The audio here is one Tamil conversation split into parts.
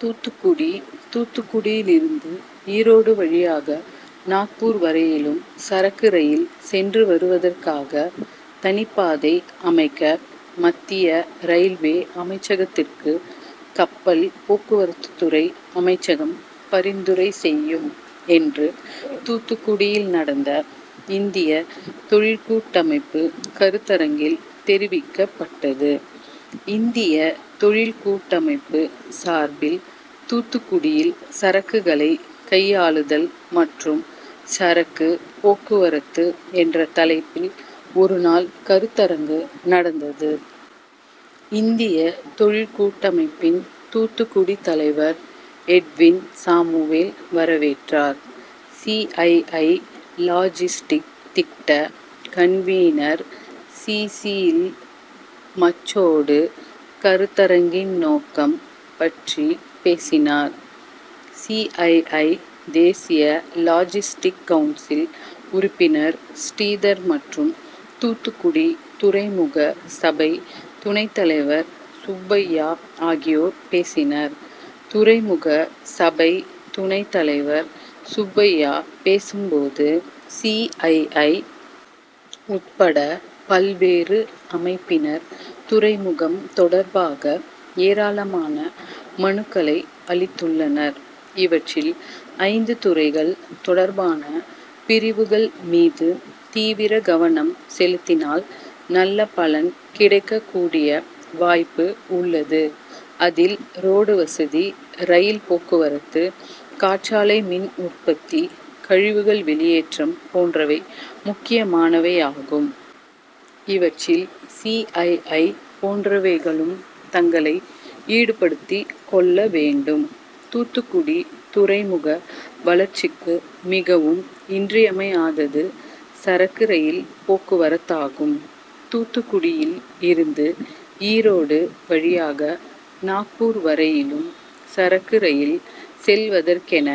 தூத்துக்குடி தூத்துக்குடியில் இருந்து ஈரோடு வழியாக நாக்பூர் வரையிலும் சரக்கு ரயில் சென்று வருவதற்காக தனிப்பாதை அமைக்க மத்திய ரயில்வே அமைச்சகத்திற்கு கப்பல் போக்குவரத்துறை அமைச்சகம் பரிந்துரை செய்யும் என்று தூத்துக்குடியில் நடந்த இந்திய தொழிற்கூட்டமைப்பு கருத்தரங்கில் தெரிவிக்கப்பட்டது. இந்திய தொழிற்கூட்டமைப்பு சார்பில் தூத்துக்குடியில் சரக்குகளை கையாளுதல் மற்றும் சரக்கு போக்குவரத்து என்ற தலைப்பில் ஒருநாள் கருத்தரங்கு நடந்தது. இந்திய தொழிற்கூட்டமைப்பின் தூத்துக்குடி தலைவர் எட்வின்சாமுவேல் வரவேற்றார். சிஐஐ., லாஜிஸ்டிக் திட்ட கன்வீனர் சிசில் மச்சோடு கருத்தரங்கின் நோக்கம் பற்றி பேசினார். சிஐஐ., தேசிய லாஜிஸ்டிக் கவுன்சில் உறுப்பினர் ஸ்ரீதர் மற்றும் தூத்துக்குடி துறைமுக சபை துணைத் தலைவர் சுப்பையா ஆகியோர் பேசினர். துறைமுக சபைத் துணைத் தலைவர் சுப்பையா பேசும் போது, சிஐஐ., உட்பட பல்வேறு அமைப்பினர் துறைமுகம் தொடர்பாக ஏராளமான மனுக்களை அளித்துள்ளனர். இவற்றில் ஐந்து துறைகள் தொடர்பான பிரிவுகள் மீது தீவிர கவனம் செலுத்தினால் நல்ல பலன் கிடைக்கக் கூடிய வாய்ப்பு உள்ளது. அதில் ரோடு வசதி, ரயில் போக்குவரத்து, காற்றாலை மின் உற்பத்தி, கழிவுகள் வெளியேற்றம் போன்றவை முக்கியமானவையாகும். இவற்றில் சிஐஐ., போன்றவைகளும் தங்களை ஈடுபடுத்திக் கொள்ள வேண்டும். தூத்துக்குடி துறைமுக வளர்ச்சிக்கு மிகவும் இன்றியமையாதது சரக்கு ரயில் போக்குவரத்தாகும். தூத்துக்குடியில் இருந்து ஈரோடு வழியாக நாக்பூர் வரையிலும் சரக்கு ரயில் செல்வதற்கென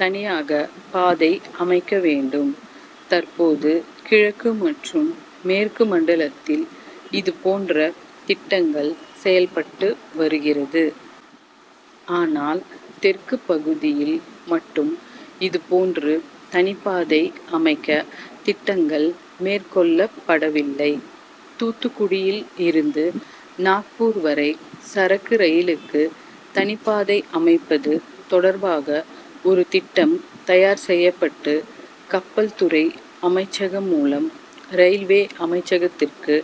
தனியாக பாதை அமைக்க வேண்டும். தற்போது கிழக்கு மற்றும் மேற்கு மண்டலத்தில் இது போன்ற திட்டங்கள் செயல்பட்டு வருகிறது. ஆனால் தெற்கு பகுதியில் மட்டும் இது போன்று தனிப்பாதை அமைக்க திட்டங்கள் மேற்கொள்ளப்படவில்லை. தூத்துக்குடியில் இருந்து நாக்பூர் வரை சரக்கு ரயிலுக்கு தனிப்பாதை அமைப்பது தொடர்பாக ஒரு திட்டம் தயார் செய்யப்பட்டு கப்பல் துறை அமைச்சகம் மூலம் ரயில்வே அமைச்சகத்திற்கு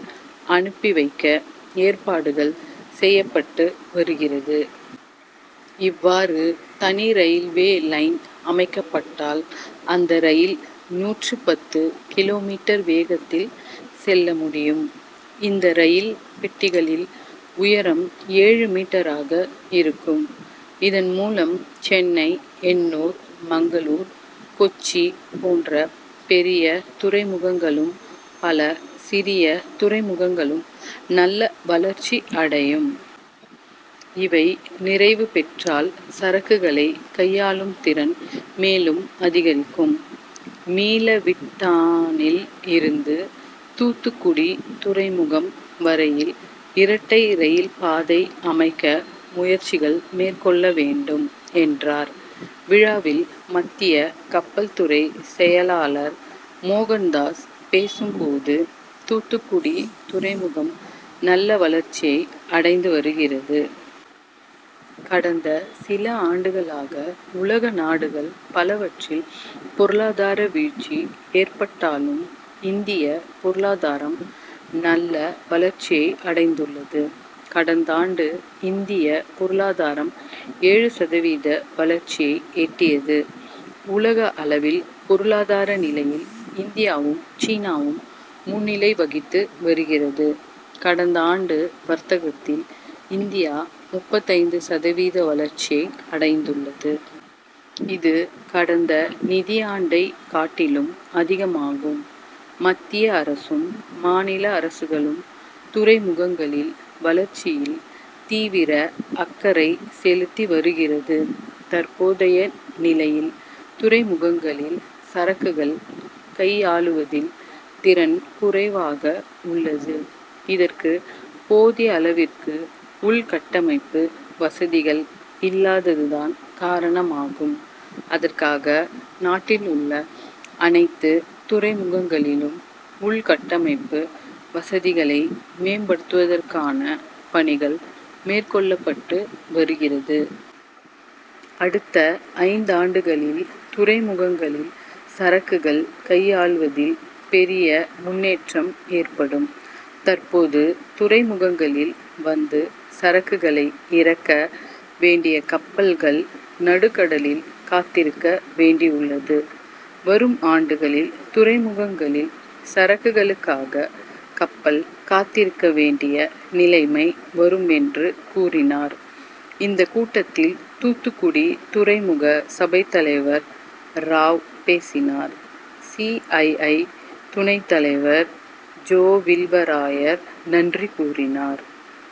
அனுப்பி வைக்க ஏற்பாடுகள் செய்யப்பட்டு வருகிறது. இவ்வாறு தனி ரயில்வே லைன் அமைக்கப்பட்டால் அந்த ரயில் நூற்று பத்து கிமீ வேகத்தில் செல்ல முடியும். இந்த ரயில் பெட்டிகளில் உயரம் ஏழு மீட்டராக இருக்கும். இதன் மூலம் சென்னை, எண்ணூர், மங்களூர், கொச்சி போன்ற பெரிய துறைமுகங்களும், பல சிறிய துறைமுகங்களும் நல்ல வளர்ச்சி அடையும். இவை நிறைவு பெற்றால் சரக்குகளை கையாளும் திறன் மேலும் அதிகரிக்கும். மீளவிட்டானில் இருந்து தூத்துக்குடி துறைமுகம் வரையில் இரட்டை ரயில் பாதை அமைக்க முயற்சிகள் மேற்கொள்ள வேண்டும் என்றார். விழாவில் மத்திய கப்பல் துறை செயலாளர் மோகன்தாஸ் பேசும் போது, தூத்துக்குடி துறைமுகம் நல்ல வளர்ச்சியை அடைந்து வருகிறது. கடந்த சில ஆண்டுகளாக உலக நாடுகள் பலவற்றில் பொருளாதார வீழ்ச்சி ஏற்பட்டாலும், இந்திய பொருளாதாரம் நல்ல வளர்ச்சியை அடைந்துள்ளது. கடந்தாண்டு இந்திய பொருளாதாரம் ஏழு சதவீத வளர்ச்சியை எட்டியது. உலக அளவில் பொருளாதார நிலையில் இந்தியாவும், சீனாவும் முன்னிலை வகித்து வருகிறது. கடந்தாண்டு வர்த்தகத்தில் இந்தியா முப்பத்தைந்து சதவீத வளர்ச்சியை அடைந்துள்ளது. இது கடந்த நிதியாண்டை காட்டிலும் அதிகமாகும். மத்திய அரசும், மாநில அரசுகளும் துறைமுகங்களில் வளர்ச்சியில் தீவிர அக்கறை செலுத்தி வருகிறது. தற்போதைய நிலையில் துறைமுகங்களில் சரக்குகள் கையாளுவதில் திறன் குறைவாக உள்ளது. இதற்கு போதிய அளவிற்கு உள்கட்டமைப்பு வசதிகள் இல்லாதது தான் காரணமாகும். அதற்காக நாட்டில் உள்ள அனைத்து துறைமுகங்களிலும் உள்கட்டமைப்பு வசதிகளை மேம்படுத்துவதற்கான பணிகள் மேற்கொள்ளப்பட்டு வருகிறது. அடுத்த ஐந்தாண்டுகளில் துறைமுகங்களில் சரக்குகள் கையாளுவதில் பெரிய முன்னேற்றம் ஏற்படும். தற்போது துறைமுகங்களில் வந்து சரக்குகளை இறக்க வேண்டிய கப்பல்கள் நடுக்கடலில் காத்திருக்க வேண்டியுள்ளது. வரும் ஆண்டுகளில் துறைமுகங்களில் சரக்குகளுக்காக கப்பல் காத்திருக்க வேண்டிய நிலைமை வரும் என்று கூறினார். இந்த கூட்டத்தில் தூத்துக்குடி துறைமுக சபைத் தலைவர் ராவ் பேசினார். சிஐஐ., துணைத் தலைவர் ஜோவில்லவராயர் நன்றி கூறினார்.